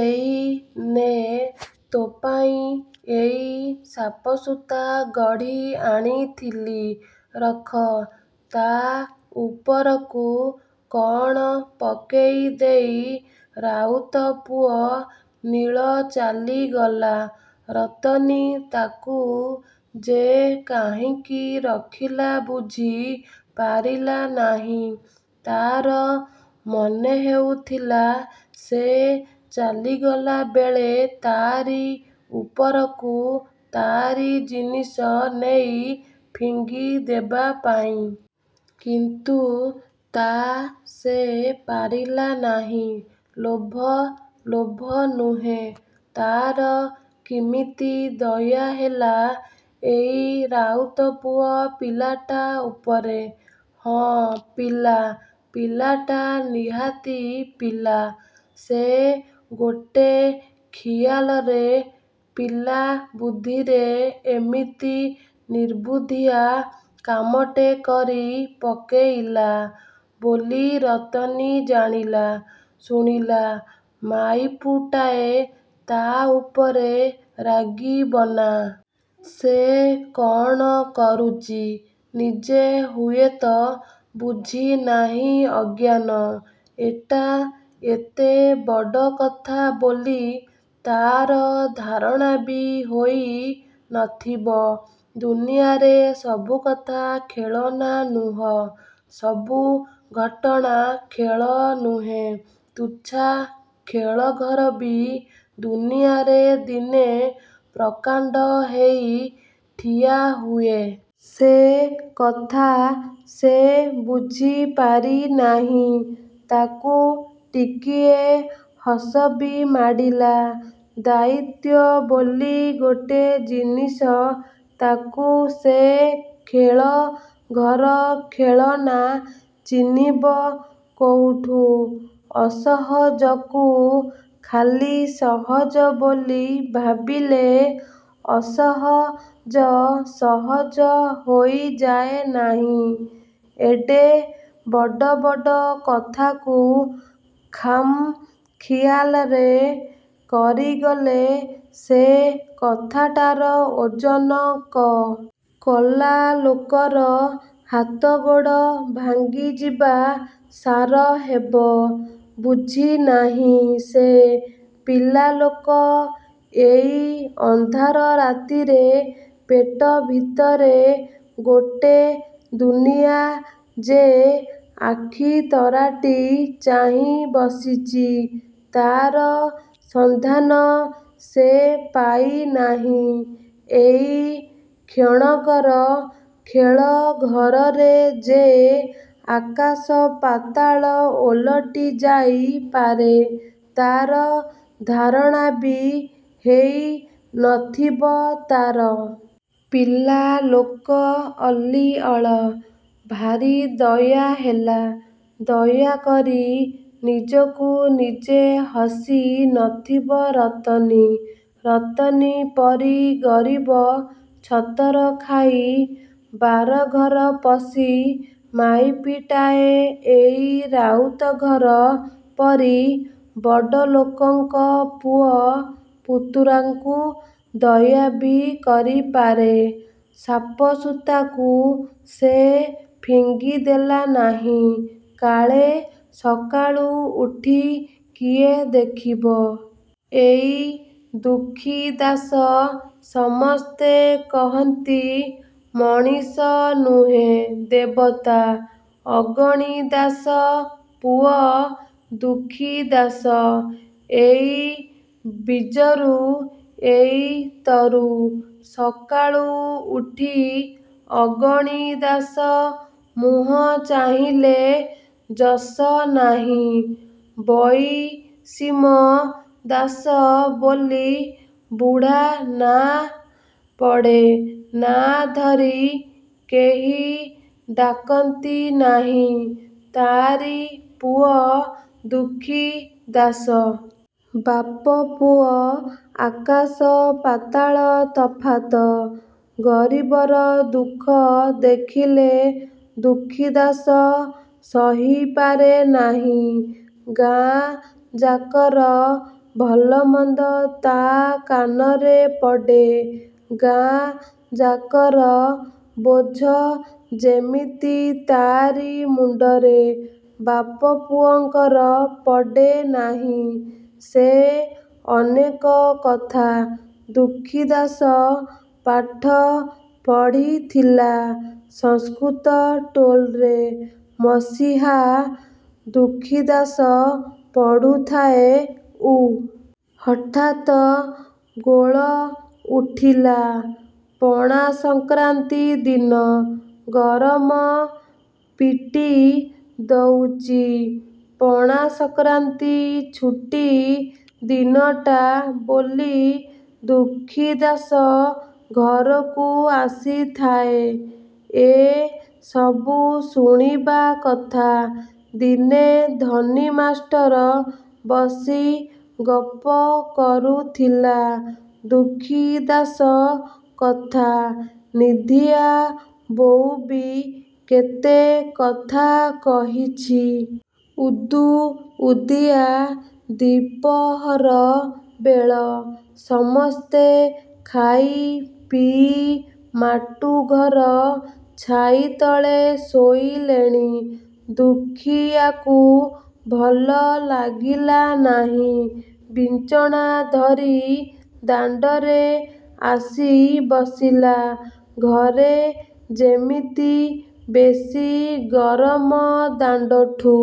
ଏଇ ନେ ତୋପାଇଁ ଏଇ ସାପସୂତା ଗଢ଼ି ଆଣିଥିଲି ରଖ। '' ତା' ଉପରକୁ କ'ଣ ପକେଇ ଦେଇ ରାଉତପୁଅ ନୀଳ ଚାଲିଗଲା। ରତନୀ ତାକୁ ଯେ କାହିଁକି ରଖିଲା ବୁଝି ପାରିଲା ନାହିଁ। ତା'ର ମନେହେଉଥିଲା ସେ ଚାଲିଗଲାବେଳେ ତା'ରି ଉପରକୁ ତା'ରି ଜିନିଷ ନେଇ ଫିଙ୍ଗି ଦେବାପାଇଁ। କିନ୍ତୁ ତା' ସେ ପାରିଲା ନାହିଁ। ଲୋଭ? ଲୋଭ ନୁହେଁ। ତା'ର କିମିତି ଦୟା ହେଲା ଏଇ ରାଉତପୁଅ ପିଲାଟା ଉପରେ। ହଁ ପିଲା, ପିଲାଟା ନିହାତି ପିଲା। ସେ ଗୋଟେ ଖିଆଲରେ, ପିଲା ବୁଦ୍ଧିରେ ଏମିତି ନିର୍ବୁଦ୍ଧିଆ କାମଟେ କରି ପକେଇଲା ବୋଲି ରତନୀ ଜାଣିଲା ଶୁଣିଲା ମାଇପୁଟାଏ ତା' ଉପରେ ରାଗିବନା? ସେ କ'ଣ କରୁଚି ନିଜେ ହୁଏତ ବୁଝି ନାହିଁ ଅଜ୍ଞାନ। ଏଟା ଏତେ ବଡ଼ କଥା ବୋଲି ତା'ର ଧାରଣାବି ହୋଇ ନଥିବ। ଦୁନିଆରେ ସବୁକଥା ଖେଳନା ନୁହ, ସବୁ ଘଟନା ଖେଳ ନୁହେଁ। ତୁଚ୍ଛା ଖେଳଘରବି ଦୁନିଆରେ ଦିନେ ପ୍ରକାଣ୍ତ ହେଇ ଠିଆ ହୁଏ। ସେ କଥା ସେ ବୁଝି ପାରିନାହିଁ। ତାକୁ ଟିକିଏ ହସବି ମାଡ଼ିଲା। ଦାୟିତ୍ୱ ବୋଲି ଗୋଟେ ଜିନିଷ ତାକୁ ସେ ଖେଳ ଘର ଖେଳନା ଚିହ୍ନିବ କୋଉଠୁଁ। ଅସହଜକୁ ଖାଲି ସହଜ ବୋଲି ଭାବିଲେ ଅସହଜ ସହଜ ହେଇଯାଏ ନାହିଁ। ଏଡ଼େ ବଡ଼ବଡ଼ କଥାକୁ ଖାମ୍ଖିଆଲରେ କରିଗଲେ ସେ କଥାଟାର ଓଜନ କମିଯିବ ନାହିଁ। କଲା ଲୋକର ହାତଗୋଡ଼ ଭାଙ୍ଗିଯିବା ସାର ହେବ। ବୁଝିନାହିଁ ସେ। ପିଲା ଲୋକ। ଏଇ ଅନ୍ଧାର ରାତିରେ ପେଟ ଭିତରେ ଗୋଟେ ଦୁନିଆ ଯେ ଆଖି ତରାଟି ଚାହିଁ ବସିଚି ତା'ର ସନ୍ଧାନ ସେ ପାଇ ନାହିଁ। ଏଇ କ୍ଷଣକର ଖେଳ ଘରରେ ଯେ ଆକାଶପାତାଳ ଓଲଟି ଯାଇ ପାରେ ତା'ର ଧାରଣାବି ହେଇ ନଥିବ ତା'ର। ପିଲା ଲୋକ ଅଲିଅଳ। ଭାରିଦୟା ହେଲା। ଦୟାକରି ନିଜକୁ ନିଜେ ହସି ନଥିବ ରତନୀ? ରତନୀ ପରି ଗରିବ ଛତରଖାଇ, ବାରଘରପଶୀ ମାଇପିଟାଏ ଏଇ ରାଉତଘର ପରି ବଡ଼ଲୋକଙ୍କ ପୁଅ ପୁତୁରାଙ୍କୁ ଦୟାବି କରିପାରେ। ସାପସୂତାକୁ ସେ ଫିଙ୍ଗି ଦେଲା ନାହିଁ। କାଳେ ସକାଳୁ ଉଠି କିଏ ଦେଖିବ। ଏଇ ଦୁଃଖୀ ଦାଶ। ସମସ୍ତେ କହନ୍ତି, ମଣିଷନୁହେଁ ଦେବତା। ଅଗଣିଦାଶ ପୁଅ ଦୁଃଖୀଦାଶ। ଏଇ ବୀଜରୁ ଏଇ ତରୁ! ସକାଳୁ ଉଠି ଅଗଣିଦାଶ ମୁହଁ ଚାହିଁଲେ ଯଶ ନାହିଁ। ବଇଷିମ ଦାଶ ବୋଲି ବୁଢ଼ା ନାଆଁ ପଡ଼େ। ନାଆଁ ଧରି କେହି ଡାକନ୍ତି ନାହିଁ। ତା'ରି ପୁଅ ଦୁଃଖୀ ଦାଶ। ବାପପୁଅ ଆକାଶପାତାଳ ତଫାତ। ଗରିବର ଦୁଃଖ ଦେଖିଲେ ଦୁଃଖୀଦାଶ ସହିପାରେ ନାହିଁ। ଗାଁଯାକର ଭଲମନ୍ଦ ତା' କାନରେ ପଡ଼େ। ଗାଁଯାକର ବୋଝ ଯେମିତି ତା'ରି ମୁଣ୍ତରେ। ବାପପୁଅଙ୍କର ପଡ଼େ ନାହିଁ। ସେ ଅନେକ କଥା। ଦୁଃଖୀଦାଶ ପାଠ ପଢ଼ିଥିଲା ସଂସ୍କୃତ ଟୋଲ୍ରେ। ମସିହା। ଦୁଃଖୀଦାଶ ପଢ଼ୁଥାଏ ଉ। ହଠାତ ଗୋଳ ଉଠିଲା। ପଣାସଂକ୍ରାନ୍ତି ଦିନ। ଗରମ ପିଟି ଦଉଚି। ପଣାସଂକ୍ରାନ୍ତି ଛୁଟି ଦିନଟା ବୋଲି ଦୁଃଖୀଦାଶ ଘରକୁ ଆସିଥାଏ। ଏ ସବୁ ଶୁଣିବା କଥା। ଦିନେ ଧନୀ ମାଷ୍ଟର ବସି ଗପ କରୁଥିଲା ଦୁଃଖୀ ଦାଶ କଥା। ନିଧିଆ ବୋଉବି କେତେ କଥା କହିଛି। ଉଦୁଉଦିଆ ଦିପହର ବେଳ। ସମସ୍ତେ ଖାଇ ପିଇ ମାଟୁ ଘର ଛାଇ ତଳେ ଶୋଇଲେଣି-। ଦୁଃଖୀଆକୁ ଭଲ ଲାଗିଲା ନାହିଁ। ବିଞ୍ଚଣା ଧରି ଦାଣ୍ତରେ ଆସି ବସିଲା। ଘରେ ଯେମିତି ବେଶି ଗରମ ଦାଣ୍ତଠୁ।